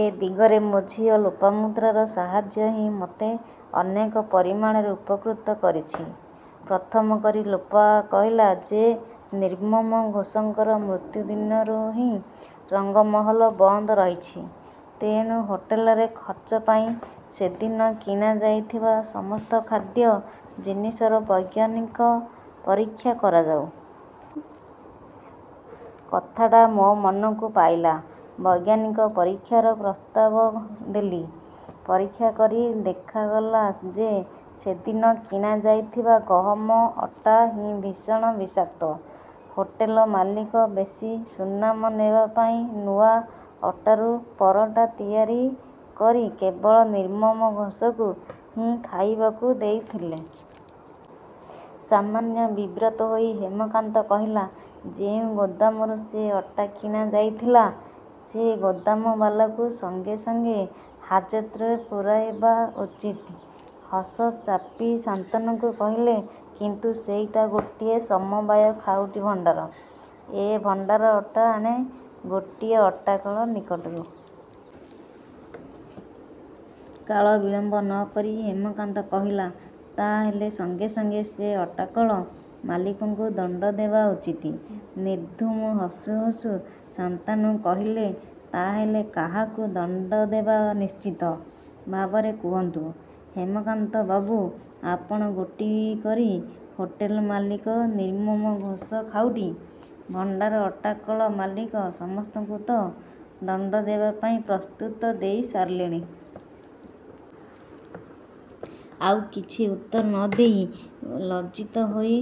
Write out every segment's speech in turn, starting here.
ଏ ଦିଗରେ ମୋ ଝିଅ ଲୋପାମୁଦ୍ରାର ସାହାର୍ଯ୍ୟ ହିଁ ,ମୋତେ ଅନେକ ପରିମାଣରେ ଉପକୃତ କରିଛି। ପ୍ରଥମ କରି ଲୋପା କହିଲା ଯେ ନିର୍ମମ ଘୋଷଙ୍କର ମୃତ୍ୟୁ ଦିନରୁ ହିଁ, ରଙ୍ଗମହଲ ବନ୍ଦ୍ ରହିଛି। ତେଣୁ ହୋଟେଲରେ ଖର୍ଚ୍ଚପାଇଁ ସେଦିନ କିଣା ଯାଇଥିବା ସମସ୍ତ ଖାଦ୍ୟ ଜିନିଷର ବୈଜ୍ଞାନିକ ପରୀକ୍ଷା କରାଯାଉ। କଥାଟା ମୋ ମନକୁ ପାଇଲା। ବୈଜ୍ଞାନିକ ପରୀକ୍ଷାର ପ୍ରସ୍ତାବ ଦେଲି। ପରୀକ୍ଷା କରି ଦେଖାଗଲା ଯେ ସେଦିନ କିଣା ଯାଇଥିବା ଗହମ ଅଟା ହିଁ ଭୀଷଣ ବିଷାକ୍ତ। ହୋଟେଲ ମାଲିକ ବେଶୀ ସୁନାମ ନେବାପାଇଁ ନୂଆ ଅଟାରୁ ପରଟ୍ଟା ତିଆରି କରି କେବଳ ନିର୍ମମ ଘୋଷଙ୍କୁ ହିଁ ଖାଇବାକୁ ଦେଇଥିଲେ। ସାମାନ୍ୟ ବିବ୍ରତ ହୋଇ ହେମକାନ୍ତ କହିଲା "ଯେଉଁ ଗୋଦାମରୁ ସେ ଅଟା କିଣା ଯାଇଥିଲା, ସେ ଗୋଦାମବାଲାକୁ ସଙ୍ଗେ ସଙ୍ଗେ ହାଜତ୍ରେ ପୂରାଇବା ଉଚିତ। ହସ ଚାପି ଶାନ୍ତନୁ କହିଲେ କିନ୍ତୁ ସେଇଟା ଗୋଟିଏ ସମବାୟ ଖାଉଟି ଭଣ୍ଡାର। ଏ ଭଣ୍ଡାର ଅଟା ଆଣେ ଗୋଟିଏ ଅଟାକଳ ନିକଟରୁ। କାଳବିଳମ୍ବ ନ କରି ହେମକାନ୍ତ କହିଲା, ତା' ହେଲେ ସଙ୍ଗେ ସଙ୍ଗେ ସେ ଅଟାକଳ ମାଲିକଙ୍କୁ ଦଣ୍ଡଦେବା ଉଚିତ। ନିର୍ଧୂମ ହସୁ ହସୁ ଶାନ୍ତନୁ କହିଲେ, ତା'ହେଲେ କାହାକୁ ଦଣ୍ଡଦେବା ନିଶ୍ଚିତ ଭାବରେ କୁହନ୍ତୁ ହେମକାନ୍ତ ବାବୁ। ଆପଣ ଗୋଟି କରି ହୋଟେଲ ମାଲିକ, ନିର୍ମମ ଘୋଷ, ଖାଉଟି ଭଣ୍ଡାର, ଅଟାକଳ ମାଲିକ ସମସ୍ତଙ୍କୁ ତ' ଦଣ୍ଡଦେବା ପାଇଁ ପ୍ରସ୍ତାବ ଦେଇ ସାରିଲେଣି। ଆଉ କିଛି ଉତ୍ତର ନ ଦେଇ ଲଜ୍ଜିତ ହୋଇ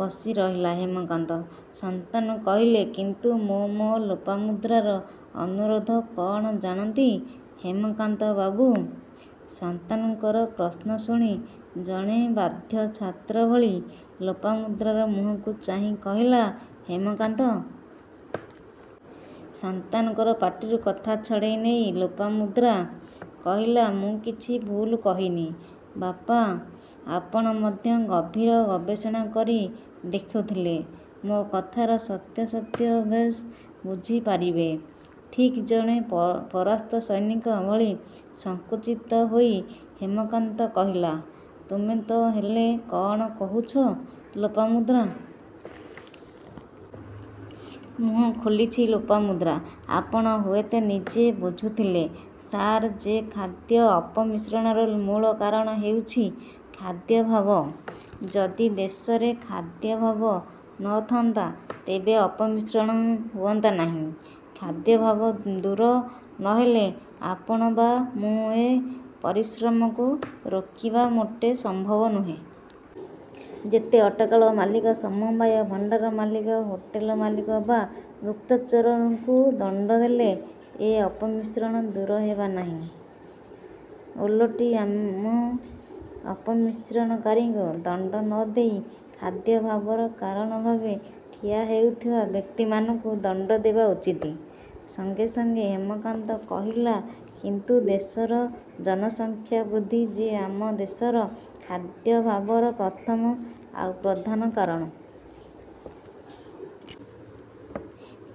ବସି ରହିଲା ହେମକାନ୍ତ। ଶାନ୍ତନୁ କହିଲେ କିନ୍ତୁ ମୋ ମୋ ଲୋପାମୁଦ୍ରାର ଅନୁରୋଧ କ'ଣ ଜାଣନ୍ତି ହେମକାନ୍ତ ବାବୁ? ଶାନ୍ତନୁଙ୍କର ପ୍ରଶ୍ନ ଶୁଣି ଜଣେ ବାଧ୍ୟ ଛାତ୍ର ଭଳି ଲୋପାମୁଦ୍ରାର ମୁହଁକୁ ଚାହିଁ ରହିଲା ହେମକାନ୍ତ। ଶାନ୍ତନୁଙ୍କର ପାଟିରୁ କଥା ଛଡ଼େଇ ନେଇ ଲୋପାମୁଦ୍ରା। କହିଲା "ମୁଁ କିଛି ଭୁଲ୍ କହିନି ବାପା, ଆପଣ ମଧ୍ୟ ଗଭୀର ଗବେଷଣା କରି ଦେଖିଲେ ମୋ କଥାର ସତ୍ୟାସତ୍ୟ ବେଶ ବୁଝି ପାରିବେ। ଠିକ୍ ଜଣେ ପରାସ୍ତ ସୈନିକ ଭଳି ସଂକୁଚିତ ହୋଇ ହେମକାନ୍ତ କହିଲା ,ତୁମେ ତା' ହେଲେ କ'ଣ କହୁଛ ଲୋପାମୁଦ୍ରା? ମୁହଁ ଖୋଲିଛି ଲୋପାମୁଦ୍ରା। ''ଆପଣ ହୁଏତ ନିଜେ ବୁଝୁଥିଲେ ସାର୍, ଯେ ଖାଦ୍ୟ ଅପମିଶ୍ରଣର ମୂଳ କାରଣ ହେଉଛି ଖାଦ୍ୟାଭାବ। ଯଦି ଦେଶରେ ଖାଦ୍ୟାଭାବ ନ ଥାନ୍ତା ତେବେ ଅପମିଶ୍ରଣ ହୁଅନ୍ତା ନାହିଁ। ଖାଦ୍ୟାଭାବ ଦୂର ନ ହେଲେ ଆପଣ ବା ମୁଁ ଏ ଅପଶ୍ରକୁ ରୋକିବା ମୋଟେ ସମ୍ଭବ ନୁହେଁ। ଯେତେ ଅଟାକଳ ମାଲିକ, ସମବାୟ ଭଣ୍ଡାରର ମାଲିକ, ହୋଟେଲ ମାଲିକ ବା ଗୁପ୍ତଚରଙ୍କୁ ଦଣ୍ଡ ଦେଲେ ଏ ଅପମିଶ୍ରଣ ଦୂର ହେବନାହିଁ। ଓଲଟି ଆମେ ଅପମିଶ୍ରଣକାରୀଙ୍କୁ ଦଣ୍ତ ନ ଦେଇ ଖାଦ୍ୟଭାବର କାରଣଭାବେ ଠିଆ ହେଉଥିବା ବ୍ୟକ୍ତିମାନଙ୍କୁ ଦଣ୍ଡ ଦେବା ଉଚିତ। ସଙ୍ଗେ ସଙ୍ଗେ ହେମକାନ୍ତ କହିଲାକିନ୍ତୁ ଦେଶର ଜନସଂଖ୍ୟା ବୃଦ୍ଧି ଯେ ଆମ ଦେଶର ଖାଦ୍ୟାଭାବର ପ୍ରଥମ ଆଉ ପ୍ରଧାନ କାରଣ।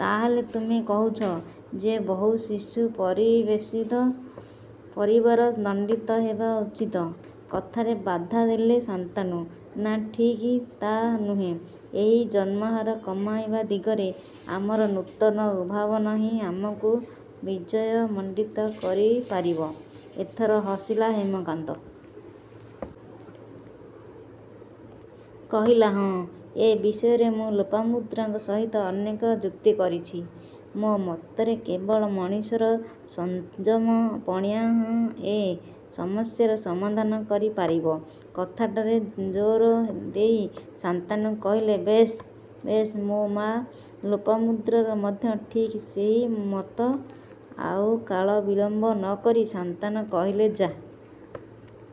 ତା'ହେଲେ ତୁମେ କହୁଛ ଯେ ବହୁ ଶିଶୁ ପରିବେଷ୍ଟିତ ପରିବାର ଦଣ୍ଡିତ ହେବା ଉଚିତ। କଥାରେ ବାଧା ଦେଲେ ଶାନ୍ତନୁ ''ନାଁ ଠିକ୍ ତା' ନୁହେଁ, ଏହି ଜନ୍ମହାର କମାଇବା ଦିଗରେ ଆମର ନୂତନ ଉଦ୍ଭାବନ ହିଁ ଆମକୁ ବିଜୟ ମଣ୍ଡିତ କରି ପାରିବ। ଏଥର ହସିଲା ହେମକାନ୍ତ। କହିଲା ,ହଁ ଏ ବିଷୟରେ ମୁଁ ଲୋପାମୁଦ୍ରାଙ୍କ ସହିତ ଅନେକ ଯୁକ୍ତି କରିଛି। ମୋ ମତରେ କେବଳ ମଣିଷର ସଂଯମ ପଣିଆଁ ହିଁ ଏ ସମସ୍ୟାର ସମାଧାନ କରି ପାରିବ। କଥାଟାରେ ଜୋର ଦେଇ ଶାନ୍ତନୁ କହିଲେବେଶ୍ ବେଶ ମୋ ମାଆ ଲୋପାମୁଦ୍ରାର ମଧ୍ୟ ଠିକ୍ ସେହି ମତ। ଆଉ କାଳବିଳମ୍ବ ନ କରି ଶାନ୍ତନ କହିଲେ ଯା |